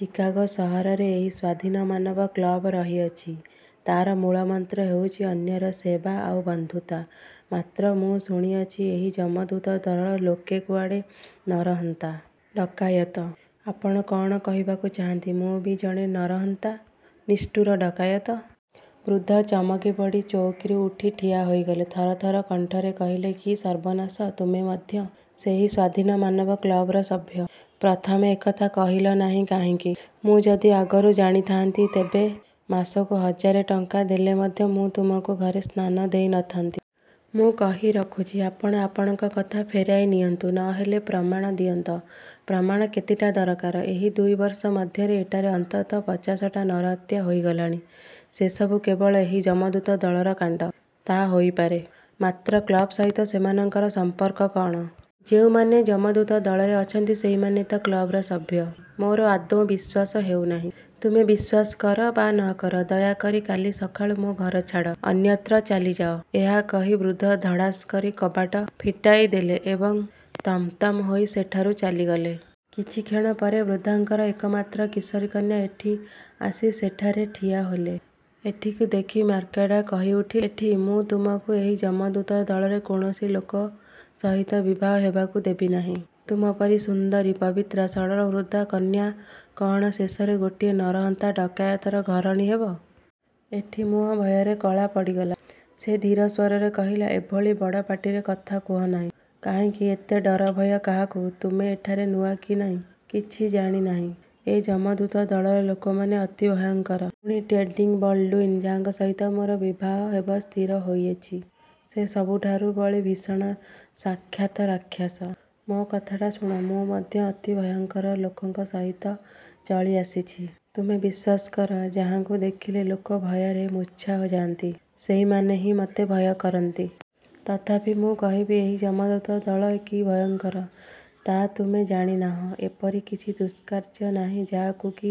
Chicago ସହରରେ ଏହି ସ୍ୱାଧୀନମାନବ କ୍ଳବ ରହିଅଛି। ତାର ମୂଳମନ୍ତ୍ର ହେଉଛି ଅନ୍ୟର ସେବା ଆଉ ବନ୍ଧୁତ୍ୱ। ମାତ୍ର ମୁଁ ଶୁଣୁଅଛି, ଏହି ଯମଦୂତ ଦଳର ଲୋକେ କୁଆଡ଼େ ନରହନ୍ତା, ଡକାୟତ। ଆପଣ କଅଣ କହିବାକୁ ଚାହାନ୍ତି, ମୁଁ ବି ଜଣେ ନରହନ୍ତା, ନିଷ୍ଠୁର ଡକାୟତ! ବୃଦ୍ଧ ଚମକିପଡ଼ି ଚୌକିରୁ ଉଠି ଠିଆ ହୋଇଗଲେ। ଥରଥର କଣ୍ଠରେ କହିଲେ, କି ସର୍ବନାଶ ତୁମେ ମଧ୍ୟ ସେହି ସ୍ୱାଧୀନମାନବ କ୍ଳବର ସଭ୍ୟ? ପ୍ରଥମେ ଏକଥା କହିଲ ନାହିଁ କାହିଁକି? ମୁଁ ଯଦି ଆଗରୁ ଜାଣିଥାଆନ୍ତି, ତେବେ ମାସକୁ ହଜାରେ ଟଙ୍କା ଦେଲେ ମଧ୍ୟ ମୁଁ ତୁମକୁ ଘରେ ସ୍ଥାନ ଦେଇ ନ ଥାନ୍ତି। ମୁଁ କହି ରଖୁଛି, ଆପଣ ଆପଣଙ୍କ କଥା ଫେରାଇ ନିଅନ୍ତୁ ନ ହେଲେ ପ୍ରମାଣ ଦିଅନ୍ତ ପ୍ରମାଣ କେତେଟା ଦରକାର? ଏହି ଦୁଇ ବର୍ଷ ମଧ୍ୟରେ ଏଠାରେ ଅନ୍ତତଃ ପଚାଶଟା ନରହତ୍ୟା ହୋଇଗଲାଣି। ସେସବୁ କେବଳ ଏହି ଯମଦୂତ ଦଳର କାଣ୍ଡ। ତା ହୋଇପାରେ। ମାତ୍ର କ୍ଳବ୍ ସହିତ ସେମାନଙ୍କର ସମ୍ପର୍କ କଅଣ? ଯେଉଁମାନେ ଯମଦୂତ ଦଳରେ ଅଛନ୍ତି, ସେହିମାନେ ତ କ୍ଳବର ସଭ୍ୟ। ମୋର ଆଦୌ ବିଶ୍ୱାସ ହେଉ ନାହିଁ। ତୁମେ ବିଶ୍ୱାସ କର ବା ନ କର, ଦୟା କରି କାଲି ସକାଳୁ ମୋ ଘର ଛାଡ଼ି ଅନ୍ୟତ୍ର ଚାଲିଯାଅ। ଏହା କହି ବୃଦ୍ଧ ଧଡ଼ାସ୍ କରି କବାଟ ଫିଟାଇଦେଲେ ଏବଂ ତମତମ ହୋଇ ସେଠାରୁ ଚାଲିଗଲେ। କିଛିକ୍ଷଣ ପରେ ବୃଦ୍ଧଙ୍କର ଏକମାତ୍ର କିଶୋରୀ କନ୍ୟା ଏଟ୍ଟି ଆସି ସେଠାରେ ଠିଆହେଲେ। ଏଟ୍ଟିକୁ ଦେଖି ମ୍ୟାକ୍ମାର୍ଡ଼ା କହିଉଠିଲେ, ଏଟ୍ଟି, ମୁଁ ତୁମକୁ ଏହି ଯମଦୂତ ଦଳର କୌଣସି ଲୋକ ସହିତ ବିବାହ ହେବାକୁ ଦେବି ନାହିଁ। ତୁମ ପରି ସୁନ୍ଦରୀ, ପବିତ୍ରା, ସରଳହୃଦା କନ୍ୟା କଅଣ ଶେଷରେ ଗୋଟାଏ ନରହନ୍ତା ଡକାୟତର ଘରଣୀ ହେବ? ଏଠି ମୁହଁ ଭୟରେ କଳା ପଡ଼ିଗଲା। ସେ ଧୀର ସ୍ୱରରେ କହିଲା, ଏଭଳି ବଡ଼ ପାଟିରେ କଥା କୁହ ନାହିଁ। କାହିଁକି? ଏତେ ଡରଭୟ କାହାକୁ? ତୁମେ ଏଠାରେ ନୂଆ କି ନା, କିଛି ଜାଣି ନାହିଁ। ଏ ଯମଦୂତ ଦଳର ଲୋକମାନେ ଅତି ଭୟଙ୍କର। ପୁଣି ଟେଡ଼ି ବଲ୍ଡ଼ୁଇନ ଯାହା ସହିତ ମୋର ବିବାହ ହେବା ସ୍ଥିର ହୋଇଅଛି, ସେ ସବୁଠାରୁ ବଳି ଭୀଷଣ ସାକ୍ଷାତ୍ ରାକ୍ଷସ। ମୋ କଥାଟା ଶୁଣ। ମୁଁ ମଧ୍ୟ ଅତି ଭୟଙ୍କର ଲୋକଙ୍କ ସହିତ ଚଳିଆସିଛି। ତୁମେ ବିଶ୍ୱାସ କର, ଯାହାଙ୍କୁ ଦେଖିଲେ ଲୋକ ଭୟରେ ମୁର୍ଚ୍ଛା ହୋ ଯାଆନ୍ତି, ସେହିମାନେ ହିଁ ମୋତେ ଭୟ କରନ୍ତି। ତଥାପି ମୁଁ କହିବି ଏହି ଯମଦୂତ ଦଳ କି ଭୟଙ୍କର, ତା ତୁମେ ଜାଣି ନାହଁ । ଏପରି କିଛି ଦୁଷ୍କାର୍ଯ୍ୟ ନାହିଁ ଯାହାକୁ କି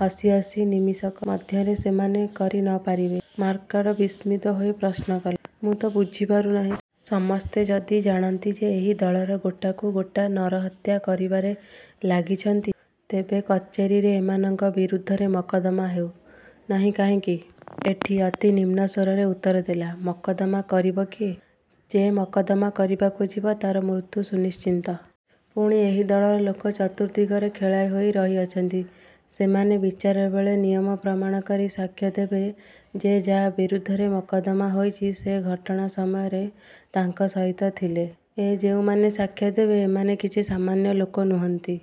ହସିହସି ନିମିଷକ ମଧ୍ୟରେ ସେମାନେ କରି ନ ପାରିବେ। ମ୍ୟାକ୍ମାର୍ଡ଼ା ବିସ୍ମିତ ହୋଇ ପ୍ରଶ୍ନକଲେ, ମୁଁ ତ ବୁଝିପାରୁ ନାହିଁ। ସମସ୍ତେ ଯଦି ଜାଣନ୍ତି ଯେ ଏହି ଦଳ ର ଗୋଟାକୁ ଗୋଟା ନରହତ୍ୟା କରିବାରେ ଲାଗିଛନ୍ତି, ତେବେ କଚେରୀରେ ଏମାନଙ୍କ ବିରୁଦ୍ଧରେ ମକଦ୍ଦମା ହେଉ ନାହିଁ କାହିଁକି? ଏଟ୍ଟି ଅତି ନିମ୍ନ ସ୍ୱରରେ ଉତ୍ତରଦେଲା, ମକଦ୍ଦମା କରିବ କିଏ? ଯେ ମକଦ୍ଦମା କରିବାକୁ ଯିବ, ତାର ମୃତ୍ୟୁ ସୁନିଶ୍ଚିତ। ପୁଣି ଏହି ଦଳର ଲୋକେ ଚତୁର୍ଦ୍ଦିଗରେ ଖେଳାଇ ହୋଇ ରହିଅଛନ୍ତି। ସେମାନେ ବିଚାର ବେଳେ ନିୟମ ପ୍ରମାଣ କରି ସାକ୍ଷ୍ୟ ଦେବେ ଯେ ଯାହା ବିରୁଦ୍ଧରେ ମକଦ୍ଦମା ହୋଇଛି, ସେ ଘଟଣା ସମୟରେ ତାଙ୍କ ସହିତ ଥିଲେ। ଏ ଯେଉଁମାନେ ସାକ୍ଷ୍ୟ ଦେବେ, ଏମାନେ କିଛି ସାମନ୍ୟ ଲୋକ ନୁହନ୍ତି।